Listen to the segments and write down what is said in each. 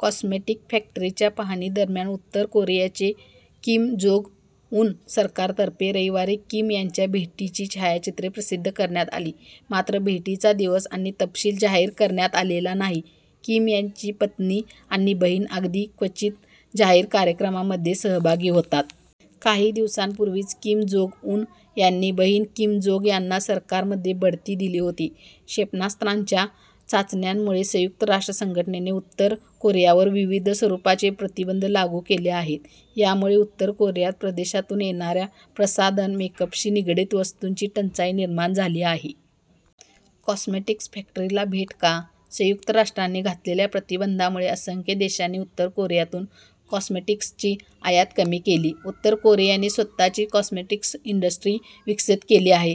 Cosmetic फॅक्टरीच्या पाहणीदरम्यान उत्तर कोरियाचे किम जोंग उन. सरकारतर्फे रविवारी किम यांच्या भेटीची छायाचित्रे प्रसिद्ध करण्यात आली, मात्र भेटीचा दिवस आणि तपशील जाहीर करण्यात आलेला नाही. किम यांची पत्नी आणि बहीण अगदी क्वचित जाहीर कार्यक्रमांमध्ये सहभागी होतात. काही दिवसांपूर्वीच किम जोंग उन यांनी बहीण किम जोंग यांना सरकारमध्ये बढती दिली होती. क्षेपणास्त्रांच्या चाचण्यांमुळे संयुक्त राष्ट्र संघटनेने उत्तर कोरियावर विविध स्वरूपाचे प्रतिबंध लागू केले आहेत. यामुळे उत्तर कोरियात परदेशातून येणाऱ्या प्रसाधन, मेकअपशी निगडित वस्तूंची टंचाई निर्माण झाली आहे. कॉस्मेटिक्स फॅक्टरीला भेट का? संयुक्त राष्ट्रांनी घातलेल्या प्रतिबंधामुळे असंख्य देशांनी उत्तर कोरियातून कॉस्मेटिक्सची आयात कमी केली. उत्तर कोरियाने स्वतःची कॉस्मेटिक्स इंडस्ट्री विकसित केली आहे.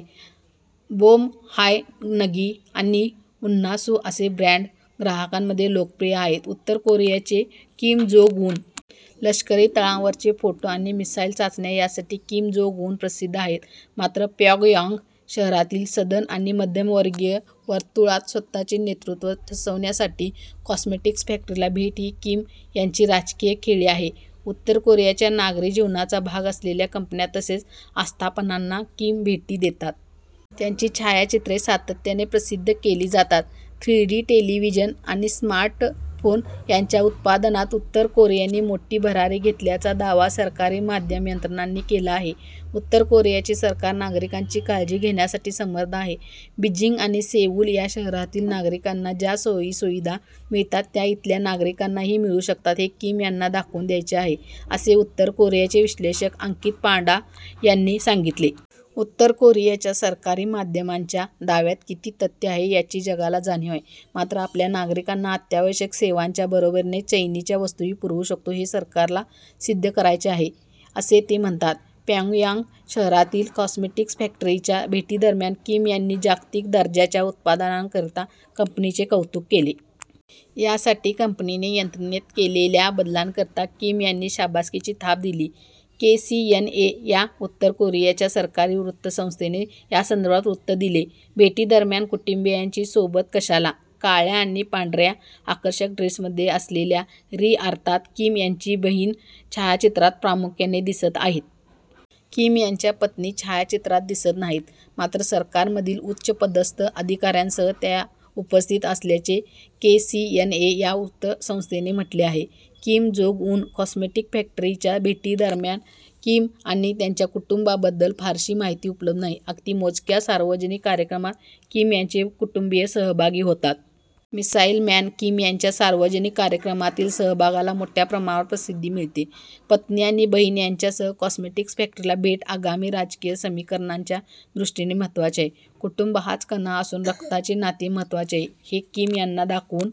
बोमहायनगी आणि उन्हासू असे ब्रँड ग्राहकांमध्ये लोकप्रिय आहेत. उत्तर कोरियाचे किम जोंग उन. लष्करी तळांवरचे फोटो आणि मिसाइल चाचण्या यासाठी किम जोंग उन प्रसिद्ध आहेत. मात्र प्यॉंगयांग शहरातील सधन आणि मध्यमवर्गीय वर्तुळात स्वतःचे नेतृत्व ठसवण्यासाठी कॉस्मेटिक्स फॅक्टरीला भेट ही किम यांची राजकीय खेळी आहे. उत्तर कोरियाच्या नागरी जीवनाचा भाग असलेल्या कंपन्या तसेच आस्थापनांना किम भेटी देतात. त्याची छायाचित्रे सातत्याने प्रसिद्ध केली जातात. थ्री डी टेलिव्हिजन आणि स्मार्टफोन यांच्या उत्पादनात उत्तर कोरियाने मोठी भरारी घेतल्याचा दावा सरकारी माध्यम यंत्रणांनी केला आहे. उत्तर कोरियाचे सरकार नागरिकांची काळजी घेण्यासाठी समर्थ आहे. बीजिंग आणि सेऊल या शहरातील नागरिकांना ज्या सोयीसुविधा मिळतात त्या इथल्या नागरिकांनाही मिळू शकतात हे किम यांना दाखवून द्यायचे आहे, असे उत्तर कोरियाचे विश्लेषक अंकित पांडा यांनी सांगितले. उत्तर कोरियाच्या सरकारी माध्यमांच्या दाव्यात किती तथ्य आहे याची जगाला जाणीव आहे. मात्र आपल्या नागरिकांना अत्यावश्यक सेवांच्या बरोबरीने चैनीच्या वस्तूही पुरवू शकतो हे सरकारला सिद्ध करायचे आहे, असे ते म्हणतात. प्यॉंगयांग शहरातील कॉस्मेटिक्स फॅक्टरीच्या भेटीदरम्यान किम यांनी जागतिक दर्जाच्या उत्पादनांकरता कंपनीचे कौतुक केले. यासाठी कंपनीने यंत्रणेत केलेल्या बदलांकरता किम यांनी शाबासकीची थाप दिली. केसीएनए या उत्तर कोरियाच्या सरकारी वृत्तसंस्थेने यासंदर्भात वृत्त दिले. भेटीदरम्यान कुटुंबीयांची सोबत कशाला? काळ्या आणि पांढऱ्या आकर्षक ड्रेसमध्ये असलेल्या री अर्थात किम यांची बहीण छायाचित्रात प्रामुख्याने दिसत आहेत. किम यांच्या पत्नी छायाचित्रात दिसत नाहीत. मात्र सरकारमधील उच्चपदस्थ अधिकाऱ्यांसह त्या उपस्थित असल्याचे केसीएनए या वृत्तसंस्थेने म्हटले आहे. किम जोंग उन कॉस्मेटिक फॅक्टरीच्या भेटीदरम्यान किम आणि त्यांच्या कुटुंबाबद्दल फारशी माहिती उपलब्ध नाही. अगदी मोजक्या सार्वजनिक कार्यक्रमांत किम यांचे कुटुंबीय सहभागी होतात. मिसाइल मॅन किम यांच्या सार्वजनिक कार्यक्रमातील सहभागाला मोठ्या प्रमाणावर प्रसिद्धी मिळते. 'पत्नी आणि बहीण यांच्यासह कॉस्मेटिक्स फॅक्टरीला भेट आगामी राजकीय समीकरणांच्या दृष्टीने महत्त्वाचे आहे. कुटुंब हाच कणा असून, रक्ताचे नाते महत्त्वाचे आहे हे किम यांना दाखवून